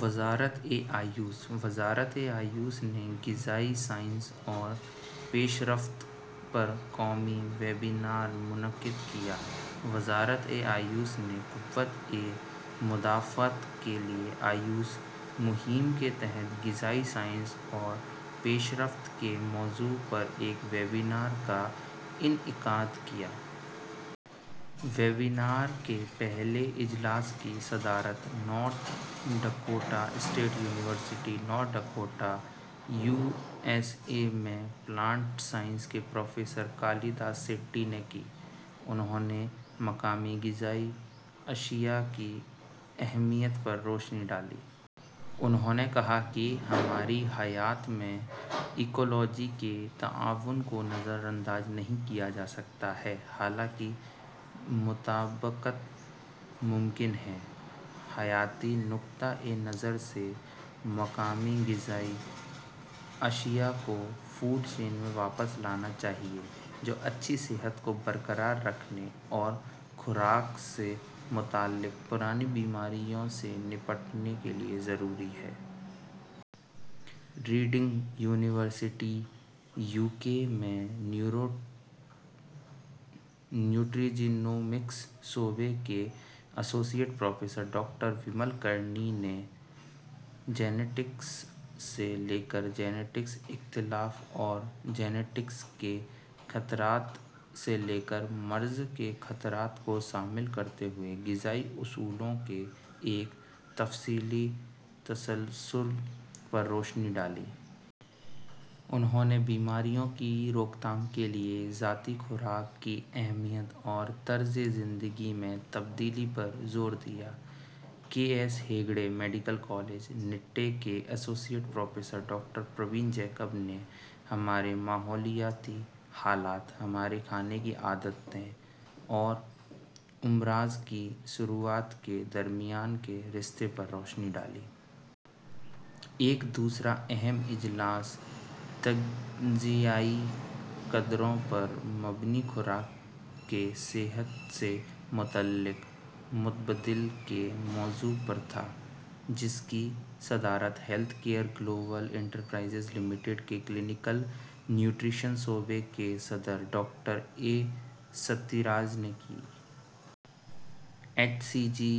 وزارت آیوش وزارت آیوش نے غذائی سائنس اور پیش رفت پر قومی ویبنار منعقد کیا وزارت آیوش نے '' قوت مدافعت کے لئے آیوش'' مہم کے تحت غذائی سائنس اور پیش رفت کے موضوع پر ایک ویبنار کا انعقاد کیا۔ ویبنار کے پہلے اجلاس کی صدارت North Dakota State University, North Dakota, U S A میں پلانٹ سائنس کے پروفیسر کالی داس شیٹی نے کی۔ انہوں نے مقامی غذائی اشیاء کی اہمیت پر روشنی ڈالی۔ انہوں نے کہا کہ ہماری حیات میں ایکو لوجی کے تعاون کو نظر انداز نہیں کیا جاسکتا ہے ، حالانکہ مطابقت ممکن ہے۔ حیاتیاتی نقطہ نظر سے مقامی غذائی اشیاء کو فوڈ چین میں واپس لانا چاہئے جو اچھی صحت کو برقرار رکھنے اور خوراک سے متعلق پرانی بیماریوں سے نمٹنے کے لئے ضروری ہے۔ ریڈنگ یونیورسٹی، یو کے میں نیوٹری جینومکس شعبہ کے associate professor doctor Vimal Karni نےجینٹکس سے لے کر جیٹنک اختلاف اور جیٹنکس کے خطرات سے لے کر مرض کے خطرات کو شامل کرتے ہوئے غذائی اصولوں کے ایک تفصیلی تسلسل پر روشنی ڈالی۔ انہوں نے بیماریوں کی روک تھام کے لئے ذاتی خوراک کی اہمیت اور طرز زندگی میں تبدیلی پر زور دیا۔ K S Hegde medical college, Nitte کے associate professor doctor Praveen Jacob نے ہمارے ماحولیاتی حالات اور ہمارے کھانے کی عادتوں اور امراض کی شروعات کے درمیان کے رشتے پر روشنی ڈالی۔ ایک دوسرا اہم اجلاس'' تغذئی قدروں پر مبنی خوراک کے صحت سے متعلق متبادل '' موضوع پر تھا جس کی صدارت health care global enterprises limited کے کلینکل یوٹریشن شعبہ کے صدر ڈاکٹر ایسترے ستھی راج نے کی۔ H C G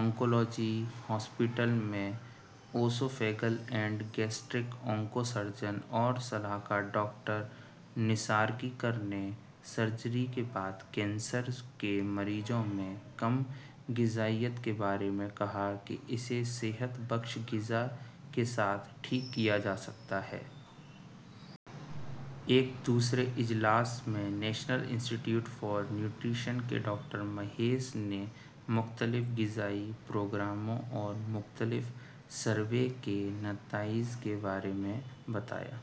oncology hospital میں oesophageal and gastric onco surgeon اور صلاح کار ڈاکٹر نیسارگیکر نے سرجی کے بعد کینسر کے مریضوں میں کم غذائیت کے بارے میں کہا کہ اسے صحت بخش غذا کے ساتھ ٹھیک کیا جاسکتا ہے۔ ایک دوسرے اجلاس میں national institute of nutrition کے ڈاکٹر مہیش نے مختلف غذائی پروگراموں اور مختلف سروے کے نتائج کے بارے میں بتایا۔